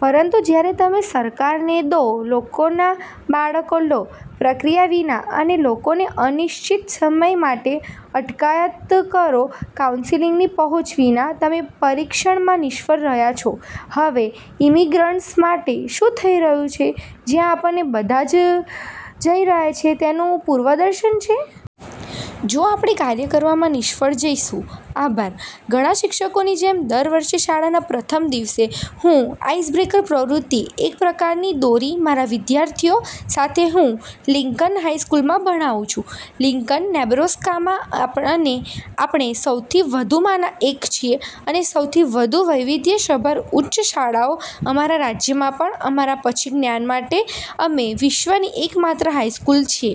પરંતુ જ્યારે તમે સરકારને દો લોકોના બાળકો લો પ્રક્રિયા વિના અને લોકોને અનિશ્ચિત સમય માટે અટકાયત કરો કાઉન્સિલની પહોંચ વિના, તમે પરીક્ષણમાં નિષ્ફળ રહ્યા છો. હવે ઇમિગ્રન્ટ્સ માટે શું થઈ રહ્યું છે, જ્યાં આપણે બધા જઇ રહ્યા છીએ તેનું પૂર્વદર્શન છે. જો આપણે કાર્ય કરવામાં નિષ્ફળ જઈશું. આભાર. ઘણા શિક્ષકોની જેમ, દર વર્ષે શાળાના પ્રથમ દિવસે, હું આઇસબ્રેકર પ્રવૃત્તિ એક પ્રકારની દોરી મારા વિદ્યાર્થીઓ સાથે હું લિંકન હાઇ સ્કૂલમાં ભણાવું છું .લિંકન, નેબ્રાસ્કામાં અને આપણે સૌથી વૃદ્ધમાંના એક છીએ અને સૌથી વધુ વૈવિધ્યસભર ઉચ્ચ શાળાઓ અમારા રાજ્યમાં પણ, અમારા પછી જ્ઞાન માટે, અમે વિશ્વની એકમાત્ર હાઇ સ્કૂલ છીએ.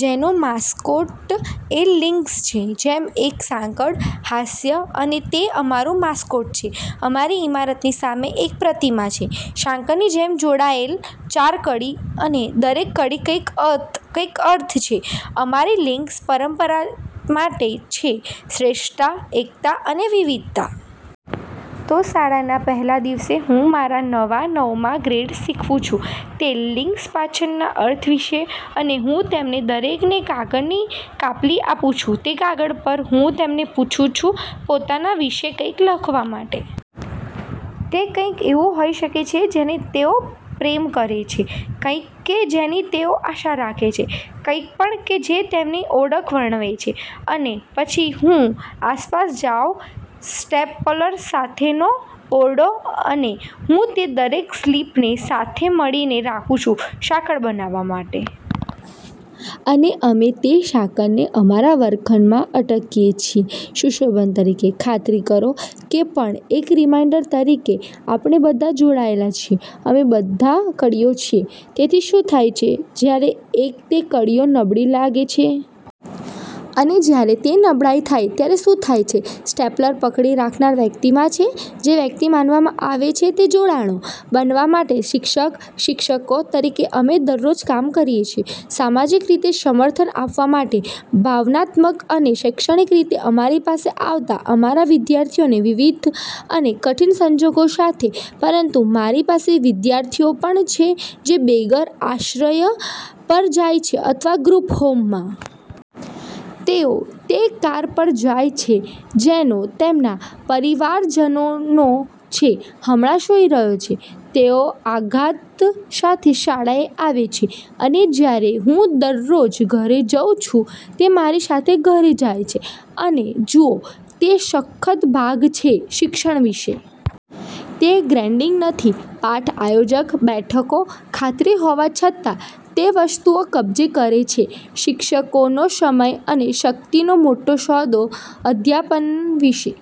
જેનો માસ્કોટ એ લિંક્સ છે. જેમ, એક સાંકળ. હાસ્ય અને તે અમારું માસ્કોટ છે, અમારી ઇમારતની સામે એક પ્રતિમા છે. સાંકળની જેમ જોડાયેલ ચાર કડી અને દરેક કડી કંઈક અર્થ છે. અમારી લિંક્સ પરંપરા માટે છે, શ્રેષ્ઠતા, એકતા અને વિવિધતા. તો શાળાના પહેલા દિવસે હું મારા નવા નવમા-ગ્રેડર્સને શીખવું છું તે લિંક્સ પાછળના અર્થ વિશે અને હું તેમને દરેકને કાગળની કાપલી આપુંછું. તે કાગળ પર, હું તેમને પૂછું છું પોતાના વિશે કંઈક લખવા માટે. તેકંઈક એવું હોઈ શકે છે જેને તેઓ પ્રેમ કરે છે, કંઈક કે જેની તેઓ આશા રાખે છે, કંઈપણ કે જે તેમની ઓળખ વર્ણવે છે અને પછી હું આસપાસ જાઓ સ્ટેપલર સાથેનો ઓરડો અને હું તે દરેક સ્લિપને સાથે મળીને રાખું છું સાંકળ બનાવવા માટે. અને અમે તે સાંકળને અમારા વર્ગખંડમાં અટકીએ છીએ સુશોભન તરીકે, ખાતરી કરો કે, પણ એક રીમાઇન્ડર તરીકે કે આપણે બધા જોડાયેલા છીએ. અમે બધા કડીઓ છે. તેથી શું થાય છે જ્યારે એક તે કડીઓ નબળી લાગે છે? અને જ્યારે તે નબળાઇ થાય ત્યારે શું થાય છે, સ્ટેપલર પકડી રાખનાર વ્યક્તિમાં છે? જે વ્યક્તિ માનવામાં આવે છે તે જોડાણો બનાવવા માટે શિક્ષક. શિક્ષકો તરીકે અમે દરરોજ કામ કરીએ છીએ. સામાજિક રીતે સમર્થન આપવા માટે, ભાવનાત્મક અને શૈક્ષણિક રીતે અમારી પાસે આવતા અમારા વિદ્યાર્થીઓને વિવિધ અને કઠિન સંજોગો સાથે, પરંતુ મારી પાસે વિદ્યાર્થીઓ પણ છે જે બેઘર આશ્રય પર જાય છે અથવા ગ્રુપ હોમમાં. તેઓ તે કાર પર જાય છે જેનો તેમના પરિવારજનો છે હમણાં સૂઈ રહ્યો છે. તેઓ આઘાત સાથે શાળાએ આવે છે, અને જ્યારે હું દરરોજ ઘરે જઉં છું, તે મારી સાથે ઘરે જાય છે અને જુઓ તે સખત ભાગ છે શિક્ષણ વિશે. તે ગ્રેડિંગ નથી, પાઠ આયોજન, બેઠકો, ખાતરી હોવા છતાં, તે વસ્તુઓ કબજે કરે છે. શિક્ષકોનો સમય અને શક્તિનો મોટો સોદો અધ્યાપન વિશે.